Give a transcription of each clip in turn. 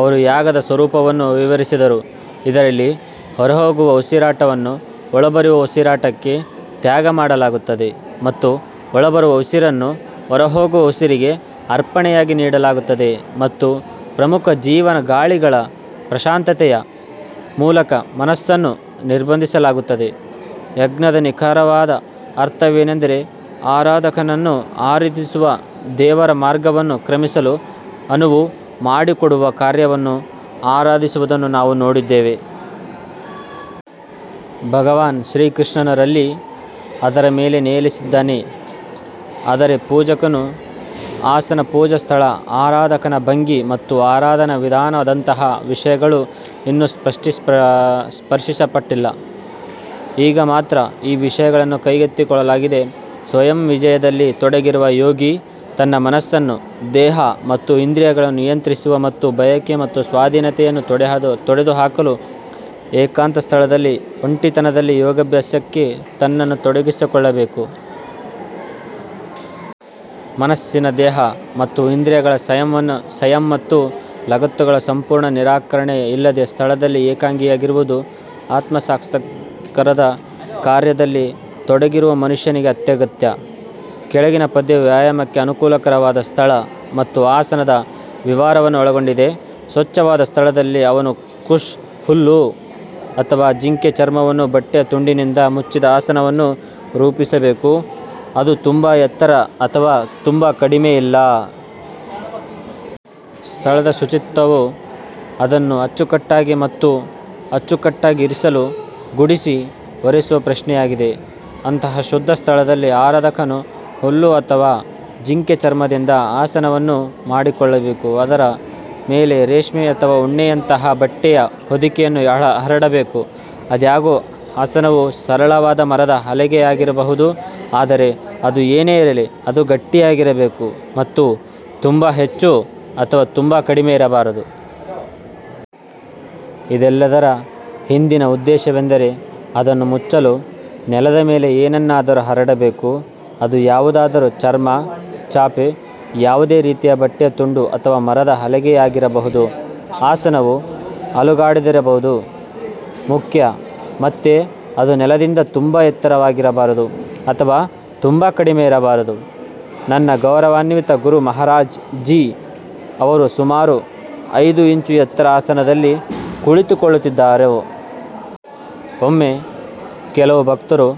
ಅವರು ಯಾಗದ ಸ್ವರೂಪವನ್ನು ವಿವರಿಸಿದರು ಇದರಲ್ಲಿ ಹೊರಹೋಗುವ ಉಸಿರಾಟವನ್ನು ಒಳಬರುವ ಉಸಿರಾಟಕ್ಕೆ ತ್ಯಾಗಮಾಡಲಾಗುತ್ತದೆ ಮತ್ತು ಒಳಬರುವ ಉಸಿರನ್ನು ಹೊರಹೋಗುವ ಉಸಿರಿಗೆ ಅರ್ಪಣೆಯಾಗಿ ನೀಡಲಾಗುತ್ತದೆ ಮತ್ತು ಪ್ರಮುಖ ಜೀವನ ಗಾಳಿಗಳ ಪ್ರಶಾಂತತೆಯ ಮೂಲಕ ಮನಸ್ಸನ್ನು ನಿರ್ಬಂಧಿಸಲಾಗುತ್ತದೆ. ಯಜ್ಞದ ನಿಖರವಾದ ಅರ್ಥವೇನೆಂದರೆ ಆರಾಧಕನನ್ನು ಆರಾಧಿಸುವ ದೇವರ ಮಾರ್ಗವನ್ನು ಕ್ರಮಿಸಲು ಅನುವು ಮಾಡಿಕೊಡುವ ಕಾರ್ಯವನ್ನು ಆರಾಧಿಸುವುದನ್ನು ನಾವು ನೋಡಿದ್ದೇವೆ. ಭಗವಾನ್ ಶ್ರೀಕೃಷ್ಣನು ರಲ್ಲಿ ಅದರ ಮೇಲೆ ನೆಲೆಸಿದ್ದಾನೆ ಆದರೆ ಪೂಜಕನ ಆಸನ ಪೂಜಾ ಸ್ಥಳ ಆರಾಧಕನ ಭಂಗಿ ಮತ್ತು ಆರಾಧನಾ ವಿಧಾನದಂತಹ ವಿಷಯಗಳು ಇನ್ನೂ ಸ್ಪರ್ಶಿಸಲ್ಪಟ್ಟಿಲ್ಲ. ಈಗ ಮಾತ್ರ ಈ ವಿಷಯಗಳನ್ನು ಕೈಗೆತ್ತಿಕೊಳ್ಳಲಾಗಿದೆ. ಸ್ವಯಂ ವಿಜಯದಲ್ಲಿ ತೊಡಗಿರುವ ಯೋಗಿ ತನ್ನ ಮನಸ್ಸನ್ನು ದೇಹ ಮತ್ತು ಇಂದ್ರಿಯಗಳನ್ನು ನಿಯಂತ್ರಿಸುವ ಮತ್ತು ಬಯಕೆ ಮತ್ತು ಸ್ವಾಧೀನತೆಯನ್ನು ತೊಡೆದುಹಾಕಲು ಏಕಾಂತ ಸ್ಥಳದಲ್ಲಿ ಒಂಟಿತನದಲ್ಲಿ ಯೋಗಾಭ್ಯಾಸಕ್ಕೆ ತನ್ನನ್ನು ತೊಡಗಿಸಿಕೊಳ್ಳಬೇಕು. ಮನಸ್ಸಿನ ದೇಹ ಮತ್ತು ಇಂದ್ರಿಯಗಳ ಸಂಯಮ ಮತ್ತು ಲಗತ್ತುಗಳ ಸಂಪೂರ್ಣ ನಿರಾಕರಣೆ ಇಲ್ಲದ ಸ್ಥಳದಲ್ಲಿ ಏಕಾಂಗಿಯಾಗಿರುವುದು ಆತ್ಮಸಾಕ್ಷಾತ್ಕಾರದ ಕಾರ್ಯದಲ್ಲಿ ತೊಡಗಿರುವ ಮನುಷ್ಯನಿಗೆ ಅತ್ಯಗತ್ಯ. ಕೆಳಗಿನ ಪದ್ಯವು ವ್ಯಾಯಾಮಕ್ಕೆ ಅನುಕೂಲಕರವಾದ ಸ್ಥಳ ಮತ್ತು ಆಸನದ ವಿವರವನ್ನು ಒಳಗೊಂಡಿದೆ. ಸ್ವಚ್ಛವಾದ ಸ್ಥಳದಲ್ಲಿ ಅವನು ಕುಶ್ ಹುಲ್ಲು ಅಥವಾ ಜಿಂಕೆ ಚರ್ಮವನ್ನು ಬಟ್ಟೆಯ ತುಂಡಿನಿಂದ ಮುಚ್ಚಿದ ಆಸನವನ್ನು ರೂಪಿಸಬೇಕು ಅದು ತುಂಬಾ ಎತ್ತರ ಅಥವಾ ತುಂಬಾ ಕಡಿಮೆ ಅಲ್ಲ. ಸ್ಥಳದ ಶುಚಿತ್ವವು ಅದನ್ನು ಅಚ್ಚುಕಟ್ಟಾಗಿ ಮತ್ತು ಅಚ್ಚುಕಟ್ಟಾಗಿ ಇರಿಸಲು ಗುಡಿಸಿ ಒರೆಸುವ ಪ್ರಶ್ನೆಯಾಗಿದೆ. ಅಂತಹ ಶುದ್ಧ ಸ್ಥಳದಲ್ಲಿ ಆರಾಧಕನು ಹುಲ್ಲು ಅಥವಾ ಜಿಂಕೆ ಚರ್ಮದಿಂದ ಆಸನವನ್ನು ಮಾಡಿಕೊಳ್ಳಬೇಕು ಅದರ ಮೇಲೆ ರೇಷ್ಮೆ ಅಥವಾ ಉಣ್ಣೆಯಂತಹ ಬಟ್ಟೆಯ ಹೊದಿಕೆಯನ್ನು ಹರಡಬೇಕು. ಆದಾಗ್ಯೂ ಆಸನವು ಸರಳವಾದ ಮರದ ಹಲಗೆಯಾಗಿರಬಹುದು ಆದರೆ ಅದು ಏನೇ ಇರಲಿ ಅದು ಗಟ್ಟಿಯಾಗಿರಬೇಕು ಮತ್ತು ತುಂಬಾ ಹೆಚ್ಚು ಅಥವಾ ತುಂಬಾ ಕಡಿಮೆ ಇರಬಾರದು. ಇದೆಲ್ಲದರ ಹಿಂದಿನ ಉದ್ದೇಶವೆಂದರೆ ಅದನ್ನು ಮುಚ್ಚಲು ನೆಲದ ಮೇಲೆ ಏನನ್ನಾದರೂ ಹರಡಬೇಕು ಅದು ಯಾವುದಾದರೂ ಚರ್ಮ ಚಾಪೆ ಯಾವುದೇ ರೀತಿಯ ಬಟ್ಟೆಯ ತುಂಡು ಅಥವಾ ಮರದ ಹಲಗೆಯಾಗಿರಬಹುದು. ಆಸನವು ಅಲುಗಾಡದಿರುವುದು ಮುಖ್ಯ ಮತ್ತೆ ಅದು ನೆಲದಿಂದ ತುಂಬಾ ಎತ್ತರವಾಗಿರಬಾರದು ಅಥವಾ ತುಂಬಾ ಕಡಿಮೆ ಇರಬಾರದು. ನನ್ನ ಗೌರವಾನ್ವಿತ ಗುರು ಮಹಾರಾಜ್ ಜಿ ಅವರು ಸುಮಾರು ಐದು ಇಂಚು ಎತ್ತರದ ಆಸನದಲ್ಲಿ ಕುಳಿತುಕೊಳ್ಳುತ್ತಿದ್ದರು. ಒಮ್ಮೆ ಕೆಲವು ಭಕ್ತರು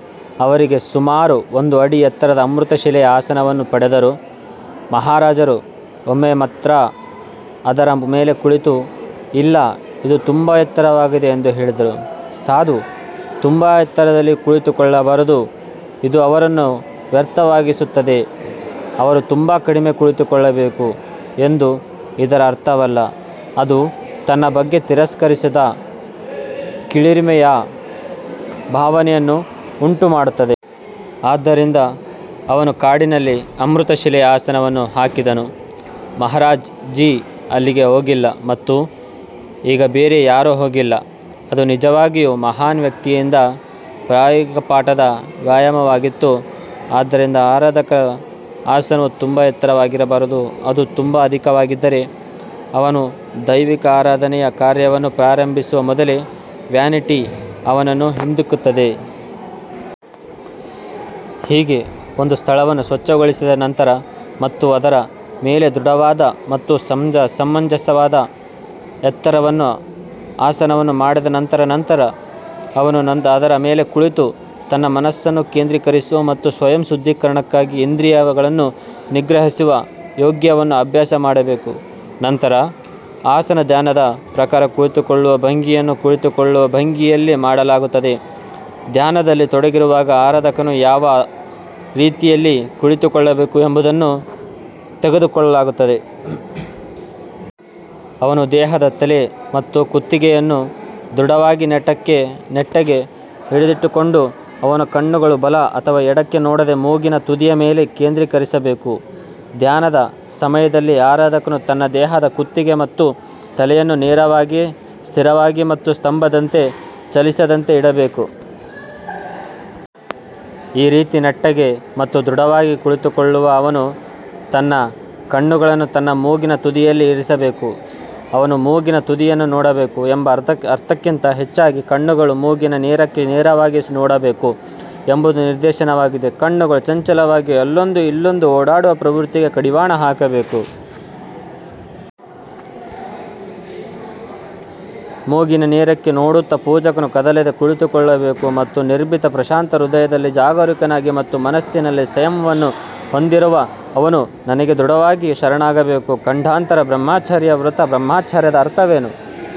ಅವರಿಗೆ ಸುಮಾರು ಒಂದು ಅಡಿ ಎತ್ತರದ ಅಮೃತಶಿಲೆಯ ಆಸನವನ್ನು ಪಡೆದರು. ಮಹಾರಾಜರು ಒಮ್ಮೆ ಮಾತ್ರ ಅದರ ಮೇಲೆ ಕುಳಿತು ಇಲ್ಲ ಇದು ತುಂಬಾ ಎತ್ತರವಾಗಿದೆ ಎಂದು ಹೇಳಿದರು. ಸಾಧು ತುಂಬಾ ಎತ್ತರದಲ್ಲಿ ಕುಳಿತುಕೊಳ್ಳಬಾರದು ಇದು ಅವರನ್ನು ವ್ಯರ್ಥವಾಗಿಸುತ್ತದೆ. ಅವರು ತುಂಬಾ ಕಡಿಮೆ ಕುಳಿತುಕೊಳ್ಳಬೇಕು ಎಂದು ಇದರ ಅರ್ಥವಲ್ಲ ಅದು ತನ್ನ ಬಗ್ಗೆ ತಿರಸ್ಕಾರದ ಕೀಳರಿಮೆಯ ಭಾವನೆಯನ್ನು ಉಂಟುಮಾಡುತ್ತದೆ. ಆದ್ದರಿಂದ ಅವನು ಕಾಡಿನಲ್ಲಿ ಅಮೃತಶಿಲೆಯ ಆಸನವನ್ನು ಹಾಕಿದನು. ಮಹಾರಾಜ್ ಜಿ ಅಲ್ಲಿಗೆ ಹೋಗಿಲ್ಲ ಮತ್ತು ಈಗ ಬೇರೆ ಯಾರೂ ಹೋಗಿಲ್ಲ. ಅದು ನಿಜವಾಗಿಯೂ ಮಹಾನ್ ವ್ಯಕ್ತಿಯಿಂದ ಪ್ರಾಯೋಗಿಕ ಪಾಠದ ವ್ಯಾಯಾಮವಾಗಿತ್ತು. ಆದ್ದರಿಂದ ಆರಾಧಕರ ಆಸನವು ತುಂಬಾ ಎತ್ತರವಾಗಿರಬಾರದು ಅದು ತುಂಬಾ ಅಧಿಕವಾಗಿದ್ದರೆ ಅವನು ದೈವಿಕ ಆರಾಧನೆಯ ಕಾರ್ಯವನ್ನು ಪ್ರಾರಂಭಿಸುವ ಮೊದಲೇ ವ್ಯಾನಿಟಿ ಅವನನ್ನು ಹಿಂದಿಕ್ಕುತ್ತದೆ. ಹೀಗೆ ಒಂದು ಸ್ಥಳವನ್ನು ಸ್ವಚ್ಛಗೊಳಿಸಿದ ನಂತರ ಮತ್ತು ಅದರ ಮೇಲೆ ದೃಢವಾದ ಮತ್ತು ಸಮಂಜಸವಾದ ಎತ್ತರದ ಆಸನವನ್ನು ಮಾಡಿದ ನಂತರ ನಂತರ ಅವನು ಅದರ ಮೇಲೆ ಕುಳಿತು ತನ್ನ ಮನಸ್ಸನ್ನು ಕೇಂದ್ರೀಕರಿಸುವ ಮತ್ತು ಸ್ವಯಂ ಶುದ್ಧೀಕರಣಕ್ಕಾಗಿ ಇಂದ್ರಿಯಗಳನ್ನು ನಿಗ್ರಹಿಸುವ ಯೋಗವನ್ನು ಅಭ್ಯಾಸ ಮಾಡಬೇಕು. ನಂತರ ಆಸನ ಧ್ಯಾನದ ಪ್ರಕಾರ ಕುಳಿತುಕೊಳ್ಳುವ ಭಂಗಿಯನ್ನು ಕುಳಿತುಕೊಳ್ಳುವ ಭಂಗಿಯಲ್ಲಿ ಮಾಡಲಾಗುತ್ತದೆ ಧ್ಯಾನದಲ್ಲಿ ತೊಡಗಿರುವಾಗ ಆರಾಧಕನು ಯಾವ ರೀತಿಯಲ್ಲಿ ಕುಳಿತುಕೊಳ್ಳಬೇಕು ಎಂಬುದನ್ನು ತೆಗೆದುಕೊಳ್ಳಲಾಗುತ್ತದೆ. ಅವನ ದೇಹದ ತಲೆ ಮತ್ತು ಕುತ್ತಿಗೆಯನ್ನು ದೃಢವಾಗಿ ನೆಟ್ಟಗೆ ಹಿಡಿದಿಟ್ಟುಕೊಂಡು ಅವನ ಕಣ್ಣುಗಳು ಬಲ ಅಥವಾ ಎಡಕ್ಕೆ ನೋಡದೆ ಮೂಗಿನ ತುದಿಯ ಮೇಲೆ ಕೇಂದ್ರೀಕರಿಸಬೇಕು. ಧ್ಯಾನದ ಸಮಯದಲ್ಲಿ ಆರಾಧಕನು ತನ್ನ ದೇಹದ ಕುತ್ತಿಗೆ ಮತ್ತು ತಲೆಯನ್ನು ನೇರವಾಗಿ ಸ್ಥಿರವಾಗಿ ಮತ್ತು ಮರದ ಸ್ತಂಭದಂತೆ ಚಲಿಸದಂತೆ ಇಡಬೇಕು. ಈ ರೀತಿ ನೆಟ್ಟಗೆ ಮತ್ತು ದೃಢವಾಗಿ ಕುಳಿತುಕೊಳ್ಳುವ ಅವನು ತನ್ನ ಕಣ್ಣುಗಳನ್ನು ತನ್ನ ಮೂಗಿನ ತುದಿಯಲ್ಲಿ ಇರಿಸಬೇಕು. ಅವನು ಮೂಗಿನ ತುದಿಯನ್ನು ನೋಡಬೇಕು ಎಂಬ ಅರ್ಥಕ್ಕಿಂತ ಹೆಚ್ಚಾಗಿ ಕಣ್ಣುಗಳು ಮೂಗಿನ ನೇರಕ್ಕೆ ನೇರವಾಗಿ ನೋಡಬೇಕು ಎಂಬುದು ನಿರ್ದೇಶನವಾಗಿದೆ. ಕಣ್ಣುಗಳು ಚಂಚಲವಾಗಿ ಅಲ್ಲೊಂದು ಇಲ್ಲೊಂದು ಓಡಾಡುವ ಪ್ರವೃತ್ತಿಗೆ ಕಡಿವಾಣ ಹಾಕಬೇಕು. ಮೂಗಿನ ನೇರಕ್ಕೆ ನೋಡುತ್ತಾ ಪೂಜಕನು ಕದಲದೆ ಕುಳಿತುಕೊಳ್ಳಬೇಕು ಮತ್ತು ನಿರ್ಭೀತ ಪ್ರಶಾಂತ ಹೃದಯದಲ್ಲಿ ಜಾಗರೂಕನಾಗಿ ಮತ್ತು ಮನಸ್ಸಿನಲ್ಲಿ ಸಂಯಮವನ್ನು ಹೊಂದಿರುವ ಅವನು ನನಗೆ ದೃಢವಾಗಿ ಶರಣಾಗಬೇಕು. ಖಂಡಾಂತರ ಬ್ರಹ್ಮಚರ್ಯ ವ್ರತ ಬ್ರಹ್ಮಚರ್ಯದ ಅರ್ಥವೇನು?